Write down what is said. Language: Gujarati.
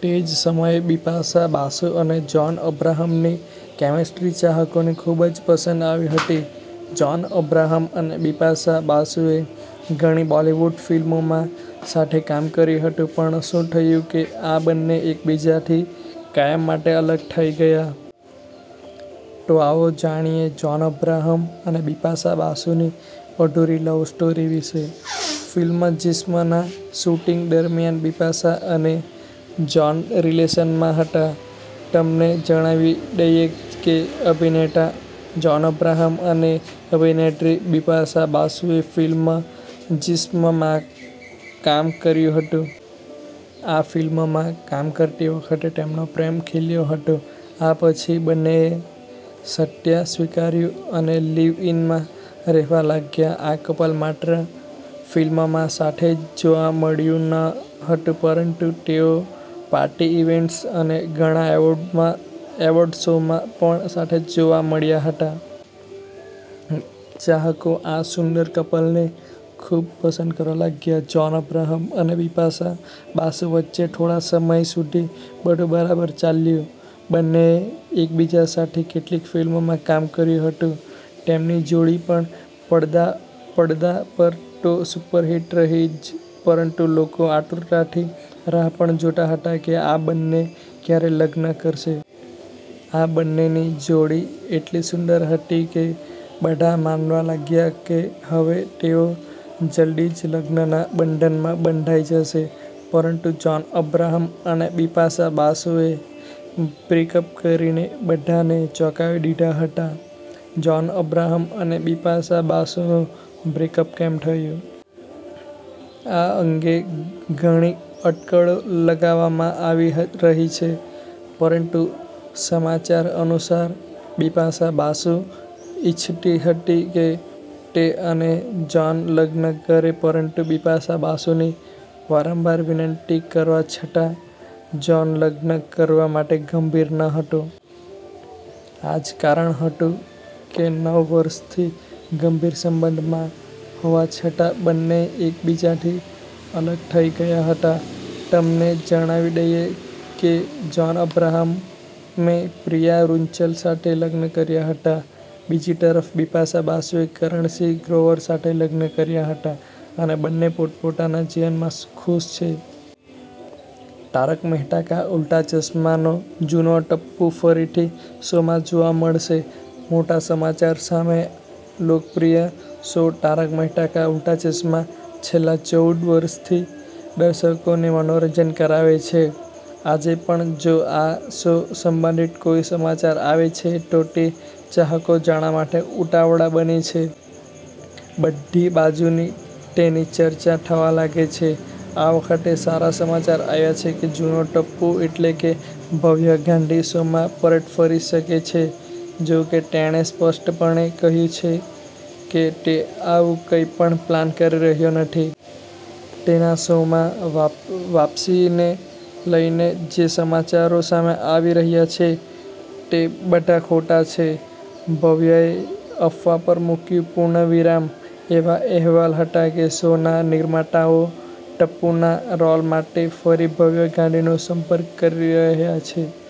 તે જ સમયે, બિપાશા બાસુ અને જોન અબ્રાહમની કેમેસ્ટ્રી ચાહકોને ખૂબ જ પસંદ આવી હતી.જોન અબ્રાહમ અને બિપાશા બાસુએ ઘણી બોલિવૂડ ફિલ્મોમાં સાથે કામ કર્યું હતું. પણ શું થયું કે આ બંને એકબીજાથી કાયમ માટે અલગ થઈ ગયા. તો આવો જાણીએ જોન અબ્રાહમ અને બિપાશા બાસુની અધૂરી લવ સ્ટોરી વિશે. ફિલ્મ 'જિસ્મ'ના શૂટિંગ દરમિયાન બિપાશા અને જોન રીલેશન મા હતા. તમને જણાવી દઈએ કે અભિનેતા જોન અબ્રાહમ અને અભિનેત્રી બિપાશા બાસુએ ફિલ્મ "જિસ્મ " માં કામ કર્યું હતું. આ ફિલ્મમાં કામ કરતી વખતે તેમનો પ્રેમ ખીલ્યો હતો. આ પછી બંનેએ સત્ય સ્વીકાર્યું અને લિવ-ઈનમાં રહેવા લાગ્યા. આ કપલ માત્ર ફિલ્મમાં સાથે જોવા મળ્યું ન હતું, પરંતુ તેઓ પાર્ટી ઈવેન્ટ્સ અને ઘણા એવોર્ડ શોમાં પણ સાથે જોવા મળ્યા હતા. ચાહકો આ સુંદર કપલને ખૂબ પસંદ કરવા લાગ્યા. જોન અબ્રાહમ અને બિપાશા બાસુ વચ્ચે થોડા વર્ષો સુધી બધું બરાબર ચાલ્યું. બંનેએ એકબીજા સાથે કેટલીક ફિલ્મોમાં કામ કર્યું હતું. તેમની જોડી પણ પડદા પર તો સુપરહિટ રહી જ પરંતુ લોકો આતુરતાથી રાહ પણ જોતા હતા કે આ બંને ક્યારે લગ્ન કરશે. આ બંનેની જોડી એટલી સુંદર હતી કે બધા માનવા લાગ્યા કે હવે તેઓ જલ્દી જ લગ્નના બંધનમાં બંધાઈ જશે. પરંતુ જોન અબ્રાહમ અને બિપાશા બાસુએ બ્રેકઅપ કરીને બધાને ચોંકાવી દીધા હતા. જોન અબ્રાહમ અને બિપાશા બાસુનું બ્રેકઅપ કેમ થયું. આ અંગે ઘણી અટકળો લગાવવામાં આવી રહી છે, પરંતુ સમાચારો અનુસાર, બિપાશા બાસુ ઈચ્છતી હતી કે તે અને જોન લગ્ન કરે પરંતુ બિપાશા બાસુની વારંવાર વિનંતી કરવા છતાં જોન લગ્ન કરવા માટે ગંભીર ન હતો. આ જ કારણ હતું કે નવ વર્ષથી ગંભીર સંબંધમાં હોવા છતાં બંને એકબીજાથી અલગ થઈ ગયા હતા. તમને જણાવી દઈએ કે જોન અબ્રાહમે પ્રિયા રૂંચલ સાથે લગ્ન કર્યા હતા. બીજી તરફ, બિપાશા બાસુએ કરણ સિંહ ગ્રોવર સાથે લગ્ન કર્યા છે અને બંને પોતપોતાના જીવનમાં ખુશ છે. 'તારક મહેતા કા ઉલ્ટા ચશ્મા' નો જુનો ટપ્પુ ફરીથી શોમાં જોવા મળશે? મોટા સમાચાર આવ્યા સામે. લોકપ્રિય શો 'તારક મહેતા કા ઉલ્ટા ચશ્મા' છેલ્લા ચૌદ વર્ષથી દર્શકોને મનોરંજન કરાવે છે. આજે પણ જો આ શો સંબંધિત કોઈ સમાચાર આવે છે તો તે ચાહકો જાણવા માટે ઉતાવળા બને છે. બધી બાજુ તેની ચર્ચા થવા લાગે છે. આ વખતે સારા સમાચાર આવ્યા છે કે જુનો ટપ્પુ એટલે કે ભવ્ય ગાંધી શોમાં પરત ફરી શકે છે. જો કે, તેણે સ્પષ્ટપણે કહ્યું છે કે તે આવું કંઈપણ પ્લાન કરી રહ્યો નથી. તેના શોમાં વાપસીને લઈને જે સમાચારો સામે આવી રહ્યા છે તે બધા ખોટા છે. ભવ્યએ અફવા પર મુક્યું પૂર્ણવિરામ: એવા અહેવાલ હતા કે શોના નિર્માતાઓ ટપ્પુના રોલ માટે ફરી ભવ્ય ગાંધીનો સંપર્ક કરી રહ્યા છે.